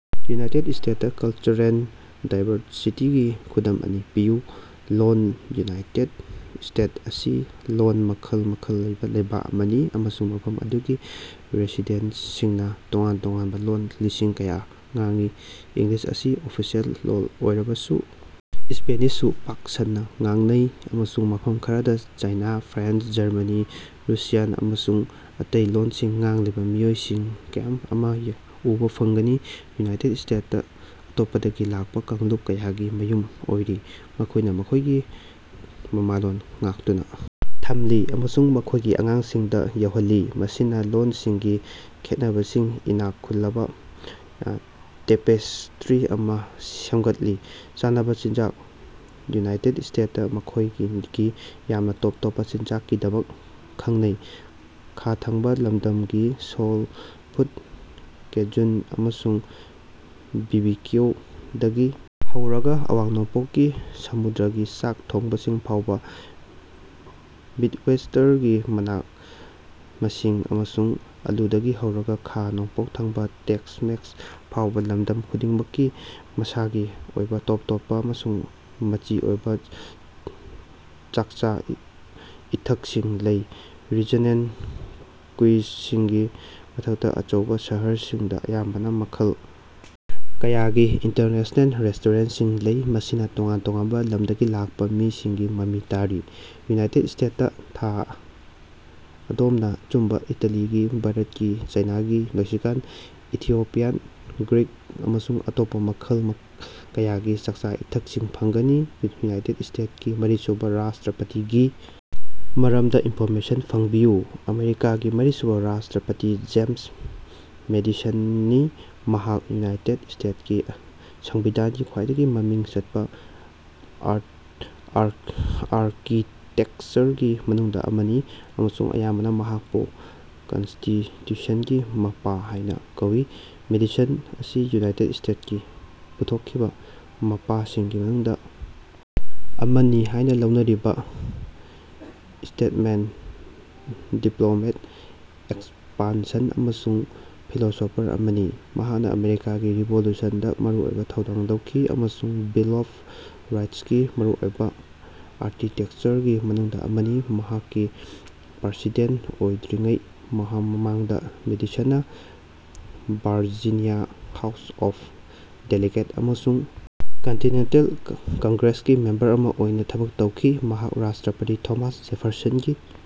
United state ꯇ cultural ꯗꯥꯏꯕꯔꯁꯤꯇꯤꯒꯤ ꯈꯨꯗꯝ ꯑꯅꯤ ꯄꯤꯌꯨ꯫ ꯂꯣꯜ: ꯌꯨꯅꯥꯏꯇꯦꯗ ꯁ꯭ꯇꯦꯠ ꯑꯁꯤ ꯂꯣꯜ ꯃꯈꯜ ꯃꯈꯜ ꯂꯩꯕ ꯂꯩꯕꯥꯛ ꯑꯃꯅꯤ ꯑꯃꯁꯨꯡ ꯃꯐꯝ ꯑꯗꯨꯒꯤ ꯔꯦꯁꯤꯗꯦꯟꯇꯁꯤꯡꯅꯥ ꯇꯣꯉꯥꯟ ꯇꯣꯉꯥꯟꯕ ꯂꯣꯜ ꯂꯤꯁꯤꯡ ꯀꯌꯥ ꯉꯥꯡꯏ꯫ ꯏꯪꯂꯤꯁ ꯑꯁꯤ ꯑꯣꯐꯤꯁꯤꯑꯦꯜ ꯂꯣꯜ ꯑꯣꯏꯔꯕꯁꯨ ꯁ꯭ꯄꯦꯅꯤꯁꯁꯨ ꯄꯥꯛ ꯁꯟꯅꯥ ꯉꯥꯡꯅꯩ ꯑꯃꯁꯨꯡ ꯃꯐꯝ ꯈꯔꯗ ꯆꯥꯏꯅꯥ, ꯐ꯭ꯔꯦꯟꯆ, ꯖꯔꯃꯅꯤ, ꯔꯨꯁꯤꯌꯥꯟ ꯑꯃꯁꯨꯡ ꯑꯇꯩ ꯂꯣꯜꯁꯤꯡ ꯉꯥꯡꯂꯤꯕ ꯃꯤꯑꯣꯏꯁꯤꯡ ꯃꯌꯥꯝ ꯑꯃ ꯎꯕꯥ ꯐꯪꯒꯅꯤ꯫ ꯌꯨꯅꯥꯏꯇꯦꯗ ꯁ꯭ꯇꯦꯗ ꯇꯥ ꯑꯇꯣꯞꯄꯗꯒꯤ ꯂꯥꯛꯄ ꯀꯥꯡꯂꯨꯞ ꯀꯌꯥꯒꯤ ꯃꯌꯨꯝ ꯑꯣꯏꯔꯤ ꯃꯈꯣꯢꯅ ꯃꯈꯣꯢꯒꯤ ꯃꯃꯥꯂꯣꯟ ꯉꯥꯛꯇꯨꯅ ꯊꯝꯂꯤ ꯑꯃꯁꯨꯡ ꯃꯈꯣꯢꯒꯤ ꯑꯉꯥꯡꯁꯤꯡꯗ ꯌꯧꯍꯜꯂꯤ ꯃꯁꯤꯅ ꯂꯣꯜꯁꯤꯡꯒꯤ ꯈꯦꯠꯅꯕꯁꯤꯡ ꯏꯅꯥꯛ ꯈꯨꯜꯂꯕ ꯇꯦꯄꯦꯁ꯭ꯠꯔꯤ ꯑꯃꯥ ꯁꯦꯃꯒꯠꯂꯤ꯫ ꯆꯥꯅꯕ ꯆꯤꯟꯖꯥꯛ: ꯌꯨꯅꯥꯏꯇꯦꯗ ꯁ꯭ꯇꯦꯗꯇ ꯃꯈꯣꯢꯒꯤ ꯌꯥꯝꯅ ꯇꯣꯞ ꯇꯣꯞꯄ ꯆꯤꯟꯖꯥꯛꯀꯤꯗꯃꯛ ꯈꯡꯅꯩ꯫ ꯈꯥ ꯊꯪꯕꯥ ꯂꯝꯗꯝꯒꯤ ꯁꯣꯜ ꯐꯨꯗ, ꯀꯦꯖꯨꯟ ꯑꯃꯁꯨꯡ ꯕꯤꯕꯤꯀꯤꯎ ꯗꯒꯤ ꯍꯧꯔꯒ ꯑꯋꯥꯡ-ꯅꯣꯡꯄꯣꯛꯀꯤ ꯁꯃꯨꯗ꯭ꯔꯒꯤ ꯆꯥꯛ ꯊꯣꯡꯕꯁꯤꯡ ꯐꯥꯎꯕ ꯃꯤꯗꯋꯦꯁꯇꯔꯒꯤ ꯃꯅꯥ-ꯃꯁꯤꯡ ꯑꯃꯁꯨꯡ ꯑꯥꯂꯨꯗꯒꯤ ꯍꯧꯔꯒ ꯈꯥ-ꯅꯣꯡꯄꯣꯛ ꯊꯪꯕ ꯇꯦꯛꯁ-ꯃꯦꯛꯁ ꯐꯥꯎꯕ ꯂꯝꯗꯝ ꯈꯨꯗꯤꯡꯃꯛꯀꯤ ꯃꯁꯥꯒꯤ ꯑꯣꯏꯕ ꯇꯣꯞ ꯇꯣꯞꯄ ꯑꯃꯁꯨꯡ ꯃꯆꯤ ꯑꯣꯏꯕ ꯆꯥꯛꯆꯥ-ꯏꯊꯛꯁꯤꯡ ꯂꯩ꯫ ꯔꯤꯖꯅꯦꯜ ꯀ꯭ꯌꯨꯏꯖꯁꯤꯡꯒꯤ ꯃꯊꯛꯇ ꯑꯆꯧꯕ ꯁꯍꯔꯁꯤꯡꯗ ꯑꯌꯥꯝꯕꯅ ꯃꯈꯜ ꯀꯌꯥꯒꯤ ꯏꯟꯇꯔꯅꯦꯁꯅꯦꯜ ꯔꯦꯁꯇꯣꯔꯦꯟꯇꯁꯤꯡ ꯂꯩ ꯃꯁꯤꯅ ꯇꯣꯉꯥꯟ ꯇꯣꯉꯥꯟꯕ ꯂꯝꯗꯒꯤ ꯂꯥꯛꯄ ꯃꯤꯁꯤꯡꯒꯤ ꯃꯃꯤ ꯇꯥꯔꯤ꯫ ꯌꯨꯅꯥꯏꯇꯦꯗ ꯁ꯭ꯇꯦꯗ ꯇꯥ ꯑꯗꯣꯝꯅ ꯑꯆꯨꯝꯕ ꯏꯇꯥꯂꯤꯒꯤ, ꯚꯥꯔꯇꯀꯤ, ꯆꯥꯏꯅꯥꯒꯤ, ꯃꯦꯛꯁꯤꯀꯥꯟ, ꯏꯊꯤꯑꯣꯄꯤꯌꯥꯟ, ꯒ꯭ꯔꯤꯛ ꯑꯃꯁꯨꯡ ꯑꯇꯣꯞꯄ ꯃꯈꯜ ꯀꯌꯥꯒꯤ ꯆꯥꯛꯆꯥ-ꯏꯊꯛꯁꯤꯡ ꯐꯪꯒꯅꯤ꯫ ꯌꯨꯅꯥꯏꯇꯦꯗ ꯁ꯭ꯇꯦꯇꯁꯀꯤ ꯃꯔꯤꯁꯨꯕ ꯔꯥꯁꯇ꯭ꯔꯥꯄꯇꯤꯒꯤ ꯃꯔꯝꯗ ꯏꯟꯐꯣꯔꯃꯦꯁꯟ ꯐꯪꯕꯤꯌꯨ꯫ ꯑꯃꯦꯔꯤꯀꯥꯒꯤ ꯃꯔꯤꯁꯨꯕ ꯔꯥꯁꯇ꯭ꯔꯥꯄꯇꯤ ꯖꯦꯃꯁ ꯃꯦꯗꯤꯁꯟꯅꯤ꯫ ꯃꯍꯥꯛ ꯌꯨꯅꯥꯏꯇꯦꯗ ꯁ꯭ꯇꯦꯗ ꯀꯤ ꯁꯪꯕꯤꯙꯥꯟꯒꯤ ꯈ꯭ꯋꯥꯏꯗꯒꯤ ꯃꯃꯤꯡ ꯆꯠꯄ ꯑꯥꯔꯀꯤꯇꯦꯀꯆꯔꯒꯤ ꯃꯅꯨꯡꯗ ꯑꯃꯅꯤ ꯑꯃꯁꯨꯡ ꯑꯌꯥꯝꯕꯅ ꯃꯍꯥꯛꯄꯨ "ꯀꯟꯁꯇꯤꯇ꯭ꯌꯨꯁꯟꯒꯤ ꯃꯄꯥ" ꯍꯥꯢꯅ ꯀꯧꯏ꯫ ꯃꯦꯗꯤꯁꯟ ꯑꯁꯤ ꯌꯨꯅꯥꯏꯇꯦꯗ ꯁ꯭ꯇꯦꯇꯀꯤ ꯄꯨꯊꯣꯛꯈꯤꯕ ꯃꯄꯥꯁꯤꯡꯒꯤ ꯃꯅꯨꯡꯗ ꯑꯃꯅꯤ ꯍꯥꯢꯅ ꯂꯧꯅꯔꯤꯕ ꯁ꯭ꯇꯦꯇꯃꯦꯟ, ꯗꯤꯄ꯭ꯂꯣꯃꯦꯠ, ꯑꯦꯛꯁꯄꯥꯟꯁꯟ ꯑꯃꯁꯨꯡ ꯐꯤꯂꯣꯁꯣꯐꯔ ꯑꯃꯅꯤ꯫ ꯃꯍꯥꯛꯅ ꯑꯃꯦꯔꯤꯀꯥꯒꯤ ꯔꯤꯚꯣꯂꯨꯁꯟꯗ ꯃꯔꯨꯑꯣꯏꯕ ꯊꯧꯗꯥꯡ ꯂꯧꯈꯤ ꯑꯃꯁꯨꯡ ꯕꯤꯜ ꯑꯣꯐ ꯔꯥꯏꯠꯁꯀꯤ ꯃꯔꯨꯑꯣꯏꯕ ꯑꯥꯔꯀꯤꯇꯦꯛꯆꯔꯒꯤ ꯃꯅꯨꯡꯗ ꯑꯃꯅꯤ꯫ ꯃꯍꯥꯛꯀꯤ ꯄ꯭ꯔꯥꯁꯤꯗꯦꯟꯇ ꯑꯣꯏꯗ꯭ꯔꯤꯉꯩ ꯃꯃꯥꯡꯗ ꯃꯦꯗꯤꯁꯟꯅ ꯚꯥꯔꯖꯤꯅꯤꯌꯥ ꯍꯥꯎꯁ ꯑꯣꯐ ꯗꯦꯂꯤꯒꯦꯠ ꯑꯃꯁꯨꯡ ꯀꯟꯇꯤꯅꯦꯟꯇꯜ ꯀꯪꯒ꯭ꯔꯦꯁꯀꯤ ꯃꯦꯝꯕꯔ ꯑꯃ ꯑꯣꯏꯅ ꯊꯕꯛ ꯇꯧꯈꯤ꯫ ꯃꯍꯥꯛ ꯔꯥꯁꯇ꯭ꯔꯥꯄꯇꯤ ꯊꯣꯃꯥꯁ ꯖꯦꯐꯔꯁꯟꯒꯤ꯫